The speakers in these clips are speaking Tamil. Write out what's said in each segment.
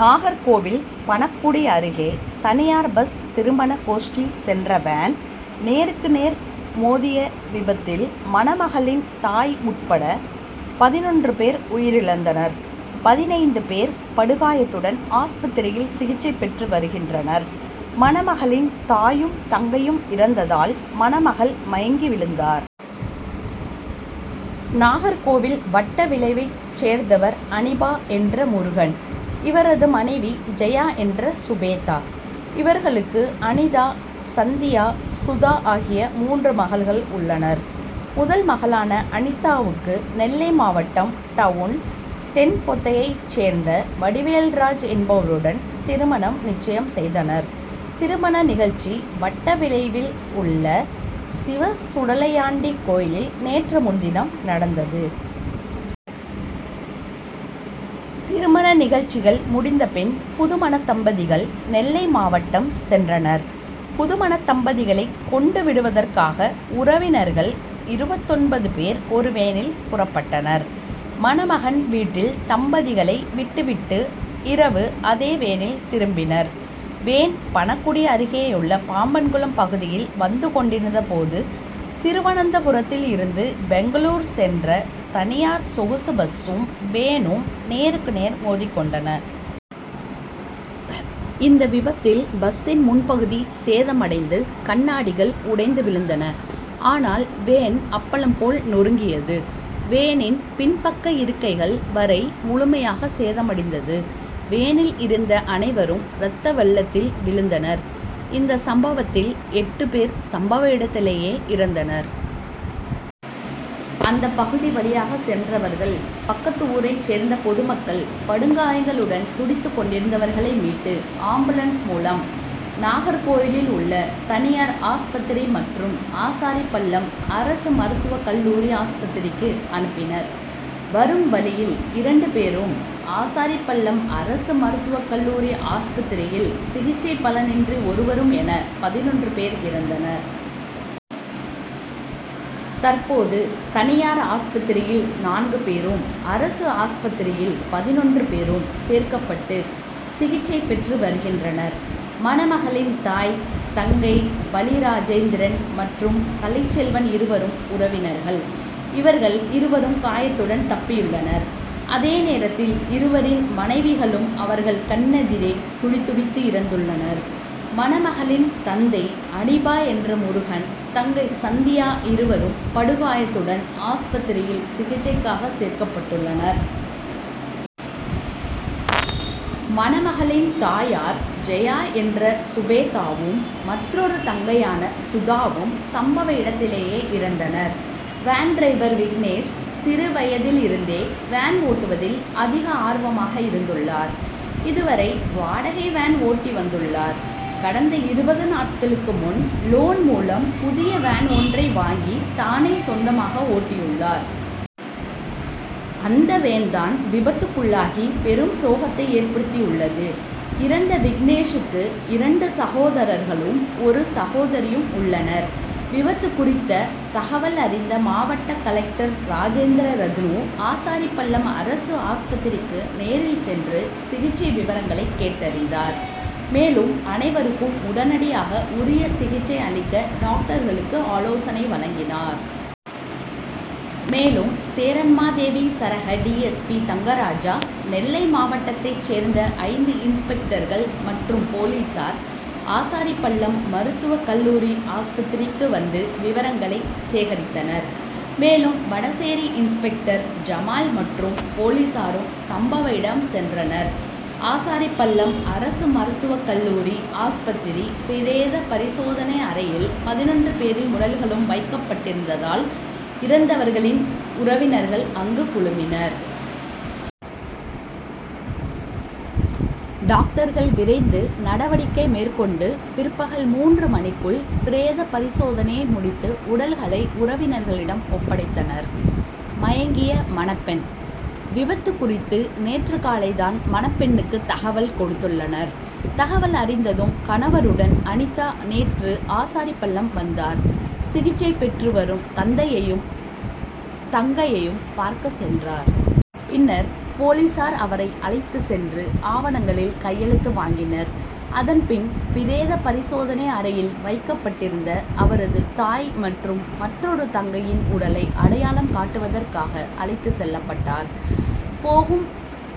நாகர்கோவில் பணக்குடி அருகே தனியார் பஸ் திருமண கோஷ்டி சென்ற வேன் நேருக்கு நேர் மோதிய விபத்தில் மணமகளின் தாய் உட்பட பதினொன்று பேர் உயிரிழந்தனர். பதினைந்து பேர் படுகாயத்துடன் ஆஸ்பத்திரியில் சிகிச்சை பெற்று வருகின்றனர். மணமகளின் தாயும், தங்கையும் இறந்ததால் மணமகள் மயங்கி விழுந்தார். நாகர்கோவில் வட்டவிளையை சேர்ந்தவர் அனிபா என்ற முருகன். இவரது மனைவி ஜெயா என்ற சுபேதா. இவர்களுக்கு அனிதா, சந்தியா, சுதா ஆகிய மூன்று மகள்கள் உள்ளனர். முதல் மகளான அனிதாவுக்கு நெல்லை மாவட்டம் டவுண் தென்பொத்தையை சேர்ந்த வடிவேல்ராஜ் என்பவருடன் திருமணம் நிச்சயம் செய்தனர். திருமண நிகழ்ச்சி வட்டவிளையில் உள்ள சிவசுடலையாண்டி கோயிலில் நேற்று முன்தினம் நடந்தது. திருமண நிகழ்ச்சிகள் முடிந்த பின் புதுமணத்தம்பதிகள் நெல்லை மாவட்டம் சென்றனர். புதுமணத்தம்பதிகளை கொண்டு விடுவதற்காக உறவினர்கள் இருபத்தொன்பது பேர் ஒரு வேனில் புறப்பட்டனர். மணமகன் வீட்டில் தம்பதிகளை விட்டுவிட்டு இரவு அதே வேனில் திரும்பினர். வேன் பணக்குடி அருகேயுள்ள பாம்பன்குளம் பகுதியில் வந்துக்கொண்டிருந்த போது திருவனந்தபுரத்தில் இருந்து பெங்களூர் சென்ற தனியார் சொகுசு பஸ்சும் வேனும் நேருக்கு நேர் மோதிக்கொண்டன. இந்த விபத்தில் பஸ்சின் முன் பகுதி சேதமடைந்து கண்ணாடிகள் உடைந்து விழுந்தன. ஆனால் வேன் அப்பளம் போல் நொருங்கியது. வேனின் பின் பக்க இருக்கைகள் வரை முழுமையாக சேதமடைந்தது. வேனில் இருந்த அனைவரும் ரத்தவெள்ளத்தில் விழுந்தனர். இந்த சம்பவத்தில் எட்டு பேர் சம்பவ இடத்திலேயே இறந்தனர். அந்த பகுதி வழியாக சென்றவர்கள், பக்கத்து ஊரை சேர்ந்த பொதுமக்கள் படுகாயங்களுடன் துடித்துக்கொண்டிருந்தவர்களை மீட்டு ஆம்புலன்ஸ் மூலம் நாகர்கோவிலில் உள்ள தனியார் ஆஸ்பத்திரி மற்றும் ஆசாரிபள்ளம் அரசு மருத்துவ கல்லூரி ஆஸ்பத்திரிக்கு அனுப்பினர். வரும் வழியில் இரண்டு பேரும், ஆசாரிபள்ளம் அரசு மருத்துவ கல்லூரி ஆஸ்பத்திரியில் சிகிச்சை பலனின்றி ஒருவரும் என பதினொன்று பேர் இறந்தனர். தற்போது தனியார் ஆஸ்பத்திரியில் நான்கு பேரும், அரசு ஆஸ்பத்திரியில் பதினொன்று பேரும் சேர்க்கப்பட்டு சிகிச்சை பெற்று வருகின்றனர். மணமகளின் தாய், தங்கை பலிராஜேந்திரன் மற்றும் கலைச்செல்வன் இருவரும் உறவினர்கள். இவர்கள் இருவரும் காயத்துடன் தப்பியுள்ளனர். அதேநேரத்தில் இருவரின் மனைவிகளும் அவர்கள் கண்ணெதிரே துடிதுடித்து இறந்துள்ளனர். மணமகளின் தந்தை அனீபா என்ற முருகன், தங்கை சந்தியா இருவரும் படுகாயத்துடன் ஆஸ்பத்திரியில் சிகிச்சைக்காக சேர்க்கப்பட்டுள்ளனர். மணகளின் தாயார் ஜெயா என்ற சுபோதவும், மற்றொரு தங்கையான சுதாவும் சம்பவ இடத்திலேயே இறந்தனர். வேன்டிரைவர் விக்னேஷ் சிறுவயதில் இருந்தே வேன் ஓட்டுவதில் அதிக ஆர்வமாக இருந்துள்ளார். இதுவரை வாடகை வேன் ஓட்டி வந்துள்ளார். கடந்த இருபது நாட்களுக்கு முன்லோன் மூலம் புதிய வேன் ஒன்றை வாங்கி தானே சொந்தமாக ஓட்டியுள்ளார். அந்த வேன்தான் விபத்துக்குள்ளாகி பெரும் சோகத்தை ஏற்படுத்தியுள்ளது. இறந்த விக்னேசுக்கு இரண்டு சகோதரர்களும், ஒரு சகோதரியும் உள்ளனர். விபத்து குறித்த தகவல் அறிந்த மாவட்ட கலெக்டர் ராஜேந்திர ரத்னு ஆசாரிபள்ளம் அரசு ஆஸ்பத்திரிக்கு நேரில் சென்று சிகிச்சை விவரங்களை கேட்டறிந்தார். மேலும் அனைவருக்கும் உடனடியாக உரிய சிகிச்சை அளிக்க டாக்டர்களுக்கு ஆலோசனை வழங்கினார். மேலும் சேரன்மாதேவி சரக D. S. P. Thangaraja, Nellai மாவட்டத்தை சேர்ந்த ஐந்து இன்ஸ்பெக்டர்கள் மற்றும் போலீசார் ஆசாரிபள்ளம் மருத்துவ கல்லூரி ஆஸ்பத்திரிக்கு வந்து விவரங்களை சேகரித்தனர். மேலும் வடசேரி இன்ஸ்பெக்டர் ஜமால் மற்றும் போலீசாரும் சம்பவ இடம் சென்றனர். ஆசாரிபள்ளம் அரசு மருத்துவ கல்லூரி ஆஸ்பத்திரி பிரேத பரிசோதனை அறையில் பதினொன்று பேரின் உடல்களும் வைக்கப்பட்டிருந்ததால் இறந்தவர்களின் உறவினர்கள் அங்கு குழுமினர். டாக்டர்கள் விரைந்து நடவடிக்கை மேற்கொண்டு பிற்பகல் மூன்று மணிக்குள் பிரேத பரிசோதனையை முடித்து உடல்களை உறவினர்களிடம் ஒப்படைத்தனர். மயங்கிய மணப்பெண் விபத்து குறித்து நேற்று காலை தான் மணப்பெண்ணுக்கு தகவல் கொடுத்துள்ளனர். தகவல் அறிந்ததும் கணவருடன் அனிதா நேற்று ஆசாரிபள்ளம் வந்தார். சிகிச்சை பெற்றுவரும் தந்தையையும் தங்கையையும் பார்க்க சென்றார். பின்னர் போலீசார் அவரை அழைத்து சென்று ஆவணங்களில் கையெழுத்து வாங்கினர். அதன்பின் பிரேத பரிசோதனை அறையில் வைக்கப்பட்டிருந்த அவரது தாய் மற்றும் மற்றொரு தங்கையின் உடலை அடையாளம் காட்டுவதற்காக அழைத்து செல்லப்பட்டார். போகும்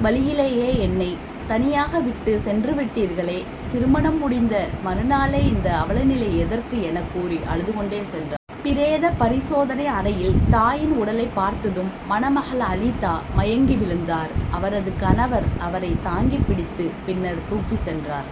வழியிலேயே என்னை தனியாக விட்டு சென்றுவிட்டீர்களே, திருமணம் முடிந்த மறுநாளே இந்த அவலநிலை எதற்கு என கூறி அழுதுக்கொண்டே சென்றார். பிரேத பரிசோதனை அறையில் தாயின் உடலை பார்த்ததும் மணமகள் அனிதா மயங்கி விழுந்தார். அவரது கணவர் அவரை தாங்கி பிடித்து பின்னர் தூக்கி சென்றார்.